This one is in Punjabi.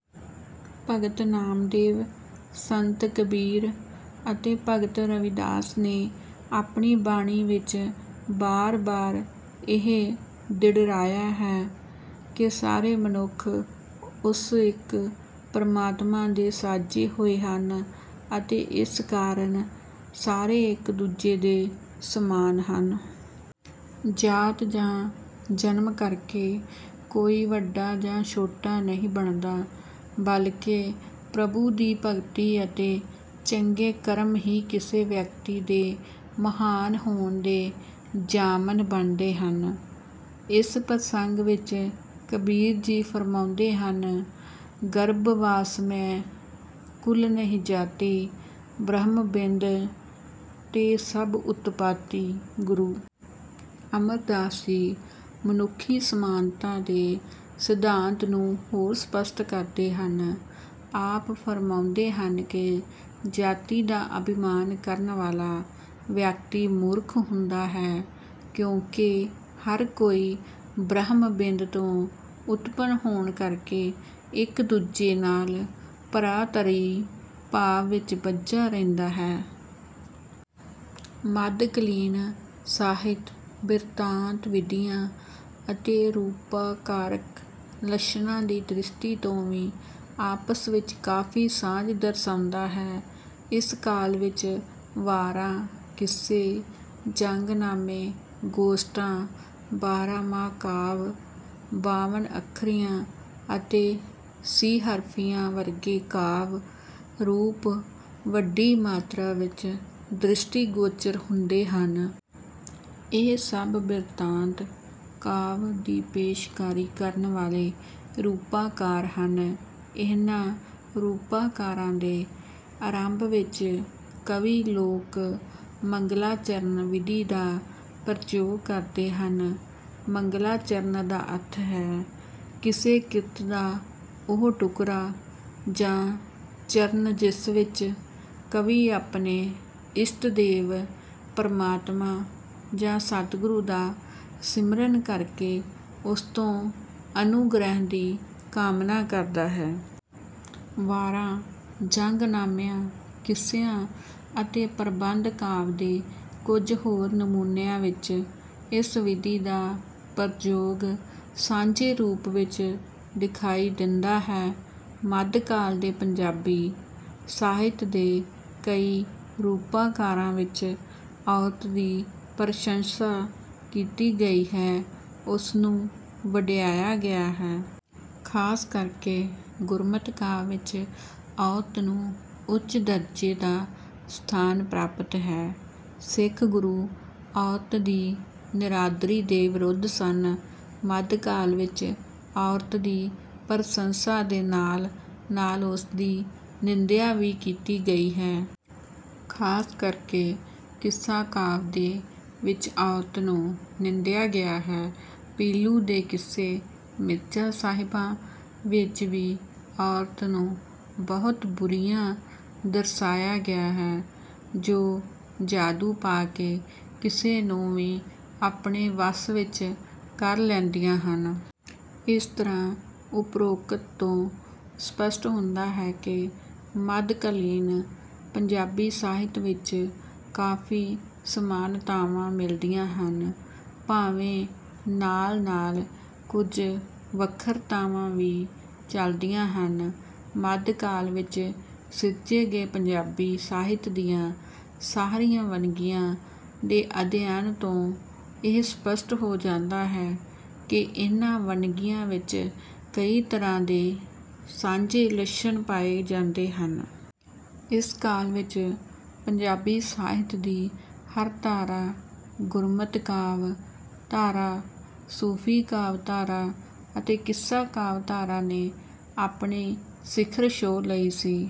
ਭਗਤ ਨਾਮਦੇਵ, ਸੰਤ ਕਬੀਰ ਅਤੇ ਭਗਤ ਰਵਿਦਾਸ ਨੇ ਆਪਣੀ ਬਾਣੀ ਵਿੱਚ ਬਾਰ-ਬਾਰ ਇਹ ਦ੍ਰਿੜਾਇਆ ਹੈ ਕਿ ਸਾਰੇ ਮਨੁੱਖ ਉਸ ਇੱਕ ਪਰਮਾਤਮਾ ਦੇ ਸਾਜੇ ਹੋਏ ਹਨ ਅਤੇ ਇਸ ਕਾਰਨ ਸਾਰੇ ਇੱਕ-ਦੂਜੇ ਦੇ ਸਮਾਨ ਹਨ। ਜ਼ਾਤ ਜਾਂ ਜਨਮ ਕਰਕੇ ਕੋਈ ਵੱਡਾ ਜਾਂ ਛੋਟਾ ਨਹੀਂ ਬਣਦਾ ਬਲਕਿ ਪ੍ਰਭੂ ਦੀ ਭਗਤੀ ਅਤੇ ਚੰਗੇ ਕਰਮ ਹੀ ਕਿਸੇ ਵਿਅਕਤੀ ਦੇ ਮਹਾਨ ਹੋਣ ਦੇ ਜ਼ਾਮਨ ਬਣਦੇ ਹਨ। ਇਸ ਪ੍ਰਸੰਗ ਵਿੱਚ ਕਬੀਰ ਜੀ ਫਰਮਾਉਂਦੇ ਹਨ:ਗਰਭ ਵਾਸ ਮਹਿ ਕੁਲੁ ਨਹੀ ਜਾਤੀ ਬ੍ਰਹਮ ਬਿੰਦੁ ਤੇ ਸਭ ਉਤਪਾਤੀ ॥"ਗੁਰੂ ਅਮਰਦਾਸ ਜੀ ਮਨੁੱਖੀ ਸਮਾਨਤਾ ਦੇ ਸਿਧਾਂਤ ਨੂੰ ਹੋਰ ਸਪਸ਼ਟ ਕਰਦੇ ਹਨ। ਆਪ ਫਰਮਾਉਂਦੇ ਹਨ ਕਿ ਜਾਤੀ ਦਾ ਅਭਿਮਾਨ ਕਰਨ ਵਾਲਾ ਵਿਅਕਤੀ ਮੂਰਖ ਹੁੰਦਾ ਹੈ ਕਿਉਂਕਿ ਹਰ ਕੋਈ ਬ੍ਰਹਮ-ਬਿੰਦ ਤੋਂ ਉਤਪੰਨ ਹੋਣ ਕਰਕੇ ਇੱਕ-ਦੂਜੇ ਨਾਲ ਭਰਾਤਰੀ-ਭਾਵ ਵਿੱਚ ਬੱਝਾ ਰਹਿੰਦਾ ਹੈ। ਮੱਧਕਾਲੀਨ ਸਾਹਿਤ, ਬ੍ਰਿਤਾਂਤ-ਵਿਧੀਆਂ ਅਤੇ ਰੂਪਾਕਾਰਕ ਲੱਛਣਾਂ ਦੀ ਦ੍ਰਿਸ਼ਟੀ ਤੋਂ ਵੀ ਆਪਸ ਵਿੱਚ ਕਾਫੀ ਸਾਂਝ ਦਰਸਾਉਂਦਾ ਹੈ। ਇਸ ਕਾਲ ਵਿੱਚ ਵਾਰਾਂ, ਕਿੱਸੇ, ਜੰਗਨਾਮੇ, ਗੋਸ਼ਟਾਂ, ਬਾਰਹਮਾਹਾ ਕਾਵਿ, ਬਾਵਨ-ਅੱਖਰੀਆਂ ਅਤੇ ਸੀਹਰਫ਼ੀਆਂ ਵਰਗੇ ਕਾਵਿ-ਰੂਪ ਵੱਡੀ ਮਾਤਰਾ ਵਿੱਚ ਦ੍ਰਿਸ਼ਟੀਗੋਚਰ ਹੁੰਦੇ ਹਨ। ਇਹ ਸਭ ਬ੍ਰਿਤਾਂਤ-ਕਾਵਿ ਦੀ ਪੇਸ਼ਕਾਰੀ ਕਰਨ ਵਾਲੇ ਰੂਪਾਕਾਰ ਹਨ। ਇਨ੍ਹਾਂ ਰੂਪਾਕਾਰਾਂ ਦੇ ਆਰੰਭ ਵਿੱਚ ਕਵੀ ਲੋਕ 'ਮੰਗਲਾਚਰਣ' ਵਿਧੀ ਦਾ ਪ੍ਰਯੋਗ ਕਰਦੇ ਹਨ। ਮੰਗਲਾਚਰਣ ਦਾ ਅਰਥ ਹੈ ਕਿਸੇ ਕਿਰਤ ਦਾ ਉਹ ਟੁਕੜਾ ਜਾਂ ਚਰਣ ਜਿਸ ਵਿੱਚ ਕਵੀ ਆਪਣੇ ਇਸ਼ਟਦੇਵ, ਪਰਮਾਤਮਾ ਜਾਂ ਸਤਿਗੁਰੂ ਦਾ ਸਿਮਰਨ ਕਰਕੇ ਉਸ ਤੋਂ ਅਨੁਗ੍ਰਹਿ ਦੀ ਕਾਮਨਾ ਕਰਦਾ ਹੈ। ਵਾਰਾਂ, ਜੰਗਨਾਮਿਆਂ, ਕਿੱਸਿਆਂ ਅਤੇ ਪ੍ਰਬੰਧ ਕਾਵਿ ਦੇ ਕੁੱਝ ਹੋਰ ਨਮੂਨਿਆਂ ਵਿੱਚ ਇਸ ਵਿਧੀ ਦਾ ਪ੍ਰਯੋਗ ਸਾਂਝੇ ਰੂਪ ਵਿੱਚ ਦਿਖਾਈ ਦਿੰਦਾ ਹੈ। ਮੱਧਕਾਲ ਦੇ ਪੰਜਾਬੀ ਸਾਹਿਤ ਦੇ ਕਈ ਰੂਪਾਕਾਰਾਂ ਵਿੱਚ ਔਰਤ ਦੀ ਪ੍ਰਸ਼ੰਸਾ ਕੀਤੀ ਗਈ ਹੈ; ਉਸਨੂੰ ਵਡਿਆਇਆ ਗਿਆ ਹੈ। ਖਾਸ ਕਰਕੇ ਗੁਰਮਤਿ ਕਾਵਿ ਵਿੱਚ ਔਰਤ ਨੂੰ ਉੱਚ ਦਰਜੇ ਦਾ ਸਥਾਨ ਪ੍ਰਾਪਤ ਹੈ। ਸਿੱਖ ਗੁਰੂ ਔਰਤ ਦੀ ਨਿਰਾਦਰੀ ਦੇ ਵਿਰੁੱਧ ਸਨ। ਮੱਧਕਾਲ ਵਿੱਚ ਔਰਤ ਦੀ ਪ੍ਰਸੰਸਾ ਦੇ ਨਾਲ-ਨਾਲ ਉਸਦੀ ਨਿੰਦਿਆ ਵੀ ਕੀਤੀ ਗਈ ਹੈ। ਖਾਸ ਕਰਕੇ ਕਿੱਸਾ ਕਾਵਿ ਦੇ ਵਿੱਚ ਔਰਤ ਨੂੰ ਨਿੰਦਿਆ ਗਿਆ ਹੈ। ਪੀਲੂ ਦੇ ਕਿੱਸੇ 'ਮਿਰਜ਼ਾ-ਸਾਹਿਬਾਂ' ਵਿੱਚ ਵੀ ਔਰਤ ਨੂੰ ਬਹੁਤ ਬੁਰੀਆਂ ਦਰਸਾਇਆ ਗਿਆ ਹੈ, ਜੋ ਜਾਦੂ ਪਾ ਕੇ ਕਿਸੇ ਨੂੰ ਵੀ ਆਪਣੇ ਵੱਸ ਵਿੱਚ ਕਰ ਲੈਂਦੀਆਂ ਹਨ। ਇਸ ਤਰ੍ਹਾਂ ਉਪਰੋਕਤ ਤੋਂ ਸਪੱਸ਼ਟ ਹੁੰਦਾ ਹੈ ਕਿ ਮੱਧਕਾਲੀਨ ਪੰਜਾਬੀ ਸਾਹਿਤ ਵਿੱਚ ਕਾਫੀ ਸਮਾਨਤਾਵਾਂ ਮਿਲਦੀਆਂ ਹਨ, ਭਾਵੇਂ ਨਾਲ-ਨਾਲ ਕੁੱਝ ਵੱਖਰਤਾਵਾਂ ਵੀ ਚਲਦੀਆਂ ਹਨ। ਮੱਧਕਾਲ ਵਿੱਚ ਸਿਰਜੇ ਗਏ ਪੰਜਾਬੀ ਸਾਹਿਤ ਦੀਆਂ ਸਾਰੀਆਂ ਵੰਨਗੀਆਂ ਦੇ ਅਧਿਐਨ ਤੋਂ ਇਹ ਸਪੱਸ਼ਟ ਹੋ ਜਾਂਦਾ ਹੈ ਕਿ ਇਨ੍ਹਾਂ ਵੰਨਗੀਆਂ ਵਿੱਚ ਕਈ ਤਰ੍ਹਾਂ ਦੇ ਸਾਂਝੇ ਲੱਛਣ ਪਾਏ ਜਾਂਦੇ ਹਨ। ਇਸ ਕਾਲ ਵਿੱਚ ਪੰਜਾਬੀ ਸਾਹਿਤ ਦੀ ਹਰ ਧਾਰਾ ਗੁਰਮਤਿ ਕਾਵਿ ਧਾਰਾ, ਸੂਫ਼ੀ ਕਾਵਿ ਧਾਰਾ ਅਤੇ ਕਿੱਸਾ ਕਾਵਿ ਧਾਰਾ ਨੇ ਆਪਣੀ ਸਿਖਰ ਛੋਹ ਲਈ ਸੀ।